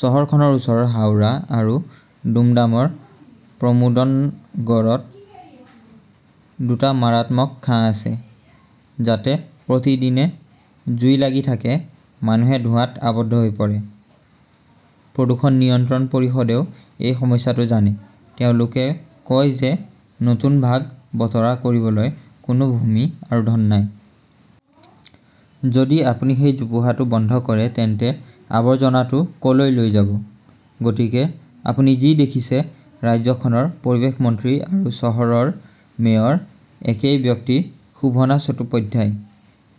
চহৰখনৰ ওচৰৰ হাওৰা আৰু দুমডামৰ প্ৰমোদনগৰত দুটা মাৰাত্মক ঘাঁহ আছে। যাতে প্ৰতিদিনে জুই লাগি থাকে, মানুহে ধোঁৱাত আৱদ্ধ হৈ পৰে। প্ৰদূষণ নিয়ন্ত্ৰণ পৰিষদেও এই সমস্যাটো জানে। তেওঁলোকে কয় যে নতুন ভাগ বতৰা কৰিবলৈ কোনো ভূমি আৰু ধন নাই। যদি আপুনি সেই জোপোহাটো বন্ধ কৰে তেন্তে আৱৰ্জনাটো কলৈ লৈ যাব? গতিকে আপুনি যি দেখিছে, ৰাজ্যখনৰ পৰিৱেশ মন্ত্ৰী আৰু চহৰৰ মেয়ৰ একেই ব্যক্তি শোভনা চট্টোপাধ্যায়।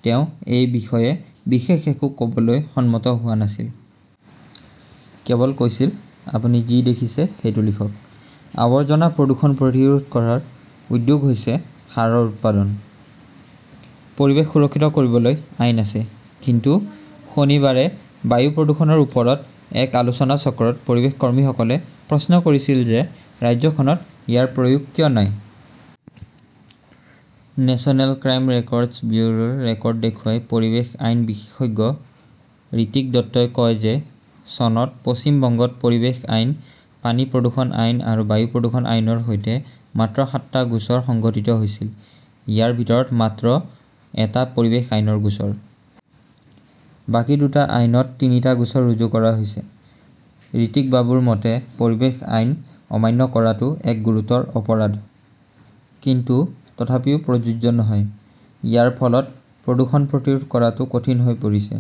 তেওঁ এই বিষয়ে বিশেষ একো কবলৈ সন্মত হোৱা নাছিল। কেৱল কৈছিল, আপুনি যি দেখিছে সেইটো লিখক। আৱৰ্জনা-প্ৰদূষণ প্ৰতিৰোধ কৰাৰ উদ্যোগ হৈছে সাৰৰ উৎপাদন। পৰিৱেশ সুৰক্ষিত কৰিবলৈ আইন আছে। কিন্তু শনিবাৰে বায়ু প্ৰদূষণৰ ওপৰত এক আলোচনাচক্ৰত পৰিৱেশ কৰ্মীসকলে প্ৰশ্ন কৰিছিল যে, ৰাজ্যখনত ইয়াৰ প্ৰয়োগ কিয় নাই? নেচনেল ক্ৰাইম ৰেকৰ্ডছ ব্যুৰোৰ ৰেকৰ্ড দেখুৱাই পৰিৱেশ আইন বিশেষজ্ঞ ঋত্বিক দত্তই কয় যে চনত পশ্চিম বংগত পৰিৱেশ আইন, পানী প্ৰদূষণ আইন আৰু বায়ু প্ৰদূষণ আইনৰ সৈতে মাত্ৰ সাতটা গোচৰ সংঘটিত হৈছিল। ইয়াৰ ভিতৰত মাত্ৰ এটা পৰিৱেশ আইনৰ গোচৰ! বাকী দুটা আইনত তিনিটা গোচৰ ৰুজু কৰা হৈছে। ঋত্বিক বাবুৰ মতে, পৰিৱেশ আইন অমান্য কৰাটো এক গুৰুতৰ অপৰাধ। কিন্তু তথাপিও প্ৰযোজ্য নহয়। ইয়াৰ ফলত প্ৰদূষণ প্ৰতিৰোধ কৰাটো কঠিন হৈ পৰিছে।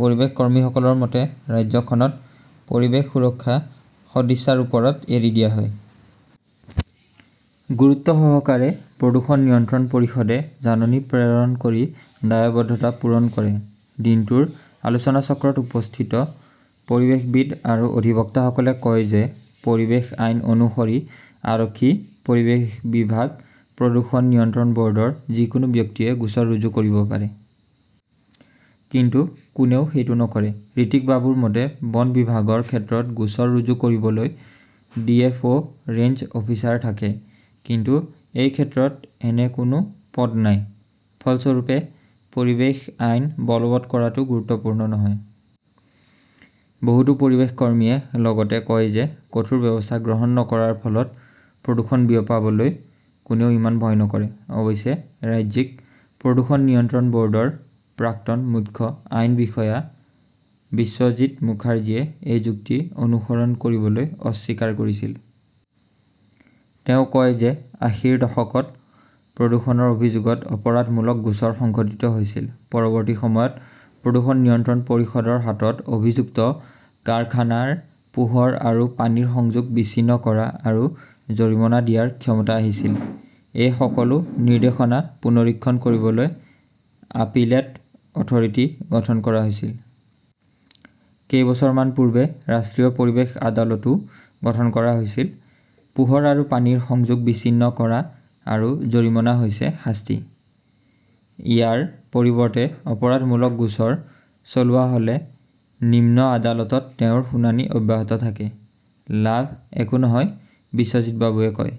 পৰিৱেশ কৰ্মীসকলৰ মতে, ৰাজ্যখনত পৰিৱেশ সুৰক্ষা সদিচ্ছাৰ ওপৰত এৰি দিয়া হয়। গুৰুত্বসহকাৰে প্ৰদূষণ নিয়ন্ত্ৰণ পৰিষদে জাননী প্ৰেৰণ কৰি দায়বদ্ধতা পূৰণ কৰে। দিনটোৰ আলোচনাচক্ৰত উপস্থিত পৰিৱেশবিদ আৰু অধিবক্তাসকলে কয় যে পৰিৱেশ আইন অনুসৰি আৰক্ষী, পৰিৱেশ বিভাগ, প্ৰদূষণ নিয়ন্ত্ৰণ বৰ্ডৰ যিকোনো ব্যক্তিয়ে গোচৰ ৰুজু কৰিব পাৰে। কিন্তু কোনেও সেইটো নকৰে। ঋত্বিক বাবুৰ মতে, বন বিভাগৰ ক্ষেত্ৰত গোচৰ ৰুজু কৰিবলৈ D. F. O range officer থাকে। কিন্তু এই ক্ষেত্ৰত এনে কোনো পদ নাই। ফলস্বৰূপে, পৰিৱেশ আইন বলৱৎ কৰাটো গুৰুত্বপূৰ্ণ নহয়। বহুতো পৰিৱেশ কৰ্মীয়ে লগতে কয় যে কঠোৰ ব্যৱস্থা গ্ৰহণ নকৰাৰ ফলত প্ৰদূষণ বিয়পাবলৈ কোনেও ইমান ভয় নকৰে। অৱশ্যে, ৰাজ্যিক প্ৰদূষণ নিয়ন্ত্ৰণ বৰ্ডৰ প্ৰাক্তন মুখ্য আইন বিষয়া বিশ্বজিত মুখাৰ্জীয়ে এই যুক্তি অনুসৰণ কৰিবলৈ অস্বীকাৰ কৰিছিল। তেওঁ কয় যে আশীৰ দশকত প্ৰদূষণৰ অভিযোগত অপৰাধমূলক গোচৰ সংঘটিত হৈছিল। পৰৱৰ্তী সময়ত প্ৰদূষণ নিয়ন্ত্ৰণ পৰিষদৰ হাতত অভিযুক্ত কাৰখানাৰ পোহৰ আৰু পানীৰ সংযোগ বিচ্ছিন্ন কৰা আৰু জৰিমনা দিয়াৰ ক্ষমতা আহিছিল। এই সকলো নিৰ্দেশনা পুনৰীক্ষণ কৰিবলৈ 'আপিলেট অথৰিটি 'গঠন কৰা হৈছিল। কেইবছৰমান পূৰ্বে ৰাষ্ট্ৰীয় পৰিৱেশ আদালতও গঠন কৰা হৈছিল। পোহৰ আৰু পানীৰ সংযোগ বিচ্ছিন্ন কৰা আৰু জৰিমনা হৈছে শাস্তি। ইয়াৰ পৰিৱৰ্তে অপৰাধমূলক গোচৰ চলোৱা হলে নিম্ন আদালতত তেওঁৰ শুনানি অব্যাহত থাকে। লাভ একো নহয়, বিশ্বজিত বাবুৱে কয়।